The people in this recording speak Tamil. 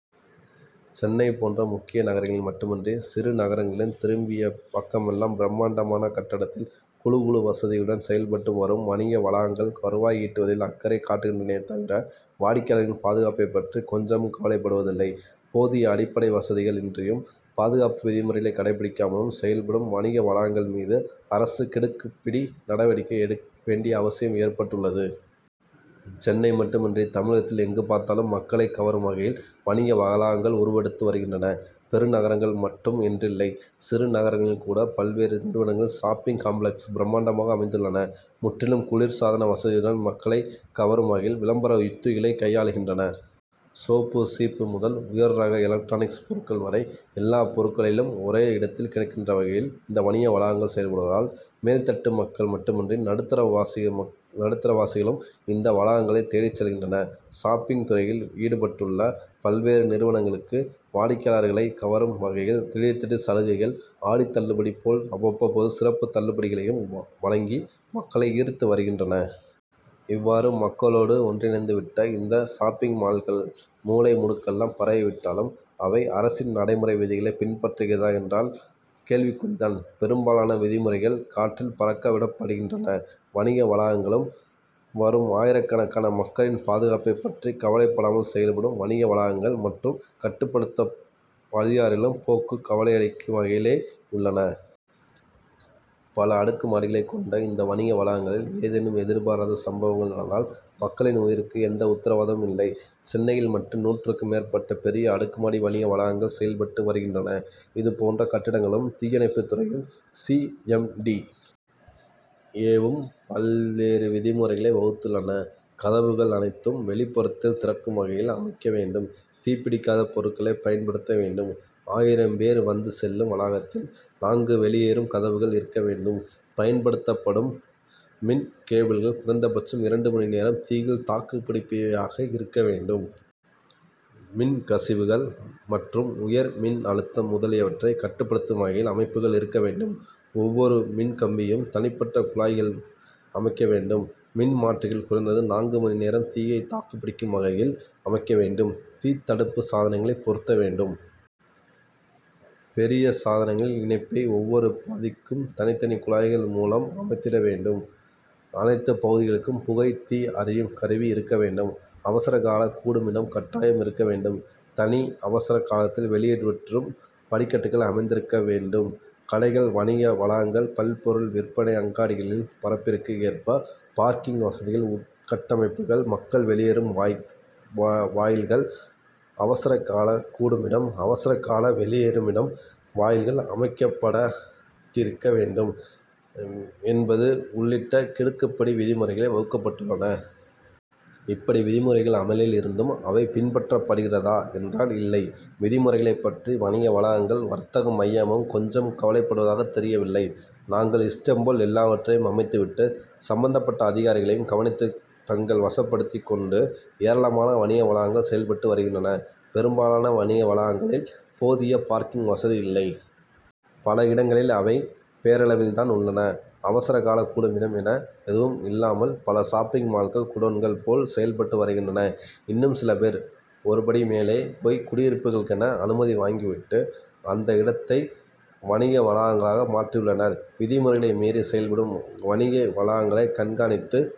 சென்னை போன்ற முக்கிய நகரங்களில் மட்டுமின்றி சிறு நகரங்களிலும் திரும்பிய பக்கமெல்லாம் பிரமாண்டமான கட்டடத்தில் குளு குளு வசதியுடன் செயல்பட்டு வரும் வணிக வளாகங்கள் வருவாய் ஈட்டுவதில் அக்கறை காட்டுகின்றவே தவிர வாடிக்கையாளர்களின் பாதுகாப்பைப் பற்றி கொஞ்சமும் கவலைப்படுவதில்லை. போதிய அடிப்படை வசதிகள் இன்றியும் பாதுகாப்பு விதிமுறைகளைக் கடைபிடிக்காமலும் செயல்படும் வணிக வளாகங்கள் மீது அரசு கிடுக்கிப்பிடி நடவடிக்கை எடுக்க வேண்டிய அவசியம் ஏற்பட்டுள்ளது. சென்னை மட்டுமின்றி தமிழகத்தில் எங்கு பார்த்தாலும் மக்களைக் கவரும் வகையில் வணிக வளாகங்கள் உருவெடுத்து வருகின்றன. பெருநகரங்கள் மட்டும் என்றில்லை சிறு நகரங்களில் கூட பல்வேறு நிறுவனங்களின் ஷாப்பிங் காம்ப்ளக்ஸ்கள் பிரமாண்டமாக அமைந்துள்ளன. முற்றிலும் குளிர் சாதன வசதியுடனும் மக்களைக் கவரும் வகையில் விளம்பர யுத்திகளையும் கையாள்கின்றன. சோப்பு சீப்பு முதல் உயர்ரக எலக்டிரானிக்ஸ் பொருட்கள் வரை எல்லா பொருட்களும் ஒரே இடத்தில் கிடைக்கும் வகையில் இந்த வளாகங்கள் செயல்படுவதால் மேல்தட்டு மக்கள் மட்டுமின்றி நடுத்தர வாசிகளும் இந்த வளாகங்களை தேடிச் செல்கின்றனர். ஷாப்பிங் துறையில் ஈடுபட்டுள்ள பல்வேறு நிறுவனங்களும் வாடிக்கையாளர்களை கவரும் வகையில் திடீர் திடீர் சலுகைகள் ஆடித் தள்ளுபடி போல் அவ்வப்போது சிறப்புத் தள்ளுபடிகளையும் வழங்கி மக்களை ஈர்த்து வருகின்றன. இவ்வாறு மக்களோடு ஒன்றிணைந்து விட்ட இந்த ஷாப்பிங் மால்கள் மூலை முடுக்கெல்லாம் பரவிவிட்டாலும் அவை அரசின் நடைமுறை விதிகளை பின்பற்றுகின்றதா என்றால் கேள்விக்குறிதான். பெரும்பாலான விதிமுறைகள் காற்றில் பறக்க விடப்படுகின்றன. வணிக வளாகங்களுக்கு வரும் ஆயிரக்கணக்கான மக்களின் பாதுகாப்பைப் பற்றி கவலைப்படாமல் செயல்படும் வணிக வளாகங்கள் மற்றும் கட்டுப்படுத்தும் அதிகாரிகளின் போக்கு கவலையளிக்கும் வகையிலேயே உள்ளன. பல அடுக்கு மாடிகளைக் கொண்ட இந்த வணிக வளாகங்களில் ஏதேனும் எதிர்பாராத சம்பவங்கள் நடந்தால் மக்களின் உயிருக்கு எந்த உத்தரவாதமும் இல்லை. சென்னையில் மட்டும் நூற்றுக்கும் மேற்பட்ட பெரிய அடுக்குமாடி வணிக வளாகங்கள் செயல்பட்டு வருகின்றன. இதுபோன்ற கட்டடங்களுக்கு தீயணைப்புத் துறையும் சி. எம். டி. ஏ.வும் பல்வேறு விதிமுறைகளை வகுத்துள்ளன. கதவுகள் அனைத்தும் வெளிப்புறத்தில் திறக்கும் வகையில் அமைக்க வேண்டும். தீப்பிடிக்காத பொருட்களை பயன்படுத்த வேண்டும். ஆயிரம் பேர் வந்து செல்லும் வளாகத்தில் நான்கு வெளியேறும் கதவுகள் இருக்க வேண்டும். பயன்படுத்தப்படும் மின் கேபிள்கள் குறைந்தபட்சம் இரண்டு மணி நேரம் தீயில் தாக்குப்பிடிப்பவையாக இருக்க வேண்டும். மின் கசிவுகள் மற்றும் மின் உயர் அழுத்தம் முதலியவற்றை கட்டுப்படுத்தும் வகையில் அமைப்புகள் இருக்க வேண்டும். ஒவ்வொரு மின் கம்பியும் தனிப்பட்ட குழாய்களில் அமைக்க வேண்டும். மின்மாற்றிகள் குறைந்தது நான்கு மணி நேரம் தீயை தாக்குப்பிடிக்கும் வகையில் அமைக்க வேண்டும். தீத்தடுப்பு சாதனங்களை பொருத்த வேண்டும். பெரிய குளிர் சாதனங்களின் இணைப்பை ஒவ்வொரு பகுதிக்கும் தனித்தனி குழாய்கள் மூலம் அமைத்திட வேண்டும். அனைத்து பகுதிகளிலும் புகை தீ அறியும் கருவி இருக்க வேண்டும். அவசர கால கூடுமிடம் கட்டாயம் இருக்க வேண்டும். தனி அவசர காலத்திலும் வெளியேறும் படிக்கட்டுக்கள் அமைந்திருக்க வேண்டும். கடைகள் வணிக வளாகங்கள் பல்பொருள் விற்பனை அங்காடிகளின் பரப்பிற்கு ஏற்ப பார்க்கிங் வசதிகள் உள் கட்டமைப்புகள் மக்கள் வெளியேறும் வாயில்கள் அவசர கால கூடுமிடம் அவசரகால வெளியேறும் வாயில்கள் அமைக்கப்பட்டிருக்க வேண்டும் என்பது உள்ளிட்ட கிடுக்கிப்பிடி விதிமுறைகள் வகுக்கப்பட்டுள்ளன. இப்படி விதிமுறைகள் அமலில் இருந்தும் அவை பின்பற்றப்படுகிறதா என்றால் இல்லை. விதிமுறைகளைப் பற்றி வணிக வளாகங்கள் வர்த்தக மையங்கள் கொஞ்சமும் கவலைப்படுவதாக தெரியவில்லை. தங்கள் இஷ்டம்போல் எல்லாவற்றையும் அமைத்துவிட்டு சம்பந்தப்பட்ட அதிகாரிகளையும் கவனித்து தங்கள் வசப்படுத்திக் கொண்டு ஏராளமான வணிக வளாகங்கள் செயல்பட்டு வருகின்றன. பெரும்பாலான வணிக வளாகங்களில் போதிய பார்க்கிங் வசதியில்லை. பல இடங்களில் அவை பெயரளவில்தான் உள்ளன. அவசர கால கூடுமிடம் என எதுவும் இல்லாமல் பல ஷாப்பிங் மால்கள் குடோன்கள் போல் செயல்பட்டு வருகின்றன. இன்னும் சிலர் ஒரு படி மேலே போய் குடியிருப்புக்களுக்கென அனுமதி வாங்கிவிட்டு அந்த இடத்தை வணிக வளாகங்களாக மாற்றியுள்ளனர். விதிமுறைகளை மீறி செயல்படும் வணிக வளாகங்களை கண்காணித்து